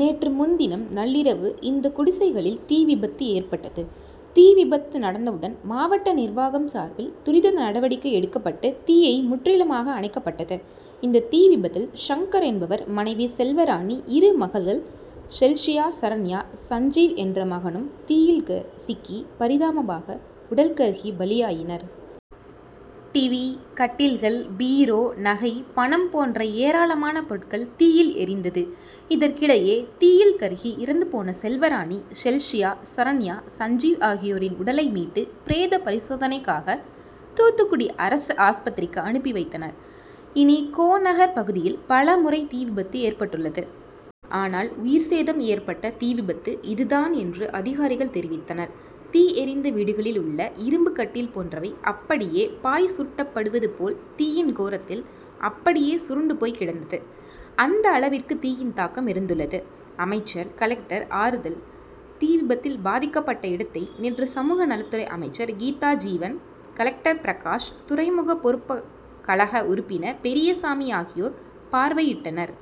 நேற்று முன்தினம் நள்ளிரவு இந்த குடிசைகளில் தீவிபத்து ஏற்பட்டது. தீவிபத்து நடந்தவுடன் மாவட்ட நிர்வாகம் சார்பில் துரித நடவடிக்கை எடுக்கப்பட்டு தீயை முற்றிலுமாக அணைக்கப்பட்டது. இந்த தீ விபத்தில் சங்கர் என்பவர் மனைவி செல்வராணி, இரு மகள்கள் செல்ஷியா, சரண்யா சஞ்ஜீவ் என்ற மகனும் தீயில்க சிக்கி பரிதாபமாக உடல் கருகி பலியாயினர். டிவி, கட்டில்கள், பீரோ, நகை, பணம் போன்ற ஏராளமான பொருட்கள் தீயில் எரிந்தது. இதற்கிடையே தீயில் கருகி இறந்துபோன செல்வராணி, செல்ஷியா, சரண்யா, சஞ்ஜீவ் ஆகியோரின் உடலை மீட்டு பிரேத பரிசோதனைக்காக தூத்துக்குடி அரசு ஆஸ்பத்திரிக்கு அனுப்பி வைத்தனர். இனிகோநகர் பகுதியில் பல முறை தீவிபத்து ஏற்பட்டுள்ளது. ஆனால் உயிர்சேதம் ஏற்பட்ட தீவிபத்து இது தான் என்று அதிகாரிகள் தெரிவித்தனர். தீ எரிந்த வீடுகளில் உள்ள இரும்பு கட்டில் போன்றவை அப்படியே பாய் சுருட்டப்படுவது போல் தீயின் கோரத்தில் அப்படியே சுருண்டு போய்கிடந்தது. அந்த அளவிற்கு தீயின் தாக்கம் இருந்துள்ளது. அமைச்சர், கலெக்டர் ஆறுதல்தீவிபத்தில் பாதிக்கப்பட்ட இடத்தை நேற்று சமூகநலத்துறை அமைச்சர் கீதாஜீவன், கலெக்டர் பிரகாஷ், துறைமுக பொறுப்புக்கழக உறுப்பினர் பெரியசாமி ஆகியோர் பார்வையிட்டனர்.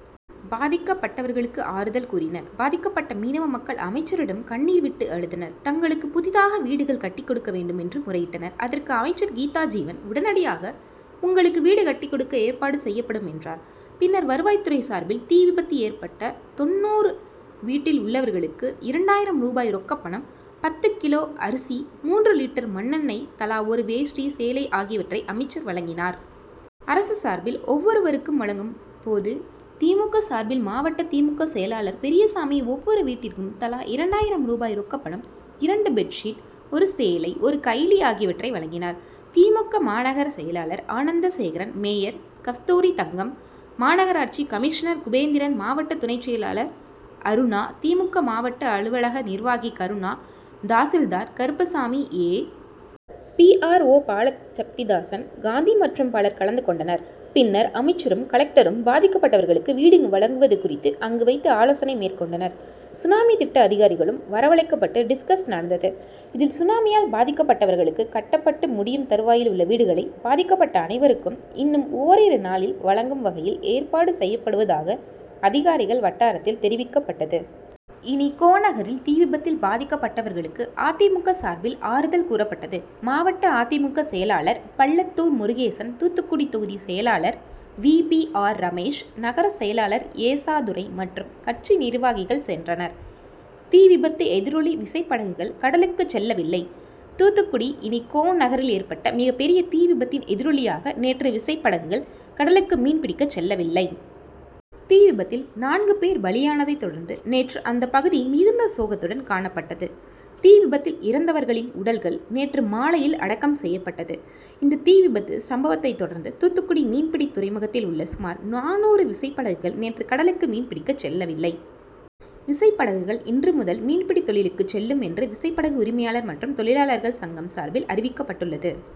பாதிக்கப்பட்டவர்களுக்கு ஆறுதல் கூறினர். பாதிக்கப்பட்ட மீனவ மக்கள் அமைச்சரிடம் கண்ணீர் விட்டு அழுதனர். தங்களுக்கு புதியதாக வீடுகள் கட்டி கொடுக்க வேண்டும் என்று முறையிட்டனர். அதற்கு அமைச்சர் கீதாஜீவன் உடனடியாக உங்களுக்கு வீடு கட்டி கொடுக்க ஏற்பாடு செய்யப்படும் என்றார். பின்னர் வருவாய்துறை சார்பில் தீ விபத்து ஏற்பட்ட தொண்ணூறு வீட்டில் உள்ளவர்களுக்கு இரண்டாயிரம் ரூபாய் ரொக்கப்பணம், பத்து கிலோ அரிசி, மூன்று லிட்டர் மண்ணெண்ணெய், தலா ஒரு வேஷ்டி, சேலை ஆகியவற்றை அமைச்சர் வழங்கினார். அரசு சார்பில் ஒவ்வொருவருக்கும் வழங்கும் போது திமுக சார்பில் மாவட்ட திமுக செயலாளர் பெரியசாமி ஒவ்வொரு வீட்டிற்கும் தலா இரண்டாயிரம் ரூபாய் ரொக்கப்பணம், இரண்டு பெட்சீட், ஒரு சேலை, ஒரு கைலி ஆகியவற்றை வழங்கினார். திமுக மாநகர செயலாளர் ஆனந்தசேகரன், மேயர் கஸ்தூரிதங்கம், மாநகராட்சி கமிஷினர் குபே ந்திரன், மாவட்ட துணைச் செயலாளர் அருணா, திமுக மாவட்ட அலுவலக நிர்வாகி கருணா, தாசில்தார் Karuppasamy, A. P. R. O Balasakthidasan, Gandhi மற்றும் பலர் கலந்து கொண்டனர். பின்னர் அமைச்சரும், கலெக்டரும் பாதிக்கப்பட்டவர்களுக்கு வீடு வழங்குவது குறித்து அங்கு வைத்து ஆலோசனை மேற்கொண்டனர். சுனாமி திட்ட அதிகாரிகளும் வரவழைக்கப்பட்டு டிஸ்கஸ் நடந்தது. இதில் சுனாமியால் பாதிக்கப்பட்டவர்களுக்கு கட்டப்பட்டு முடியும் தருவாயில் உள்ள வீடுகளை பாதிக்கப்பட்ட அனைவருக்கும் இன்னும் ஒரிரு நாளில் வழங்கும் வகையில் ஏற்பாடு செய்யப்படுவதாக அதிகாரிகள் வட்டாரத்தில் தெரிவிக்கப்பட்டது. இனிகோநகரில் தீவிபத்தில் பாதிக்கப்பட்டவர்களுக்கு அதிமுக சார்பில் ஆறுதல் கூறப்பட்டது. மாவட்ட அதிமுக செயலாளர் பள்ளத்தூர் முருகேசன், தூத்துக்குடி தொகுதி செயலாளர் வி. பி. ஆர். ரமேஷ், நகர செயலாளர் ஏசாதுரை மற்றும் கட்சி நிர்வாகிகள் சென்றனர். தீ விபத்து எதிரொலி விசைபடகுகள் கடலுக்கு செல்லவில்லைதூத்துக்குடி இனிகோ நகரில் ஏற்பட்ட மிகப்பெரிய தீ விபத்தின் எதிரொலியாக நேற்று விசைப்படகுகள் கடலுக்கு மீன் பிடிக்க செல்லவில்லை. தீவிபத்தில் நான்கு பேர் பலியானதை தொடர்ந்து நேற்று அந்த பகுதி மிகுந்த சோகத்துடன் காணப்பட்டது. தீ விபத்தில் இறந்தவர்களின் உடல்கள் நேற்று மாலையில் அடக்கம் செய்யப்பட்டது. இந்த தீ விபத்து சம்பவத்தை தொடர்ந்து தூத்துக்குடி மீன்பிடித் துறைமுகத்தில் உள்ள சுமார் நானூறு விசை படகுகள் நேற்று கடலுக்கு மீன்பிடிக்க செல்லவில்லை. விசைபடகுகள் இன்று முதல் மீன்பிடித் தொழிலுக்கு செல்லும் என்று விசைபடகு உரிமையாளர்கள் மற்றும் தொழிலாளர்கள் சங்கம் சார்பில் அறிவிக்கப்பட்டுள்ளது.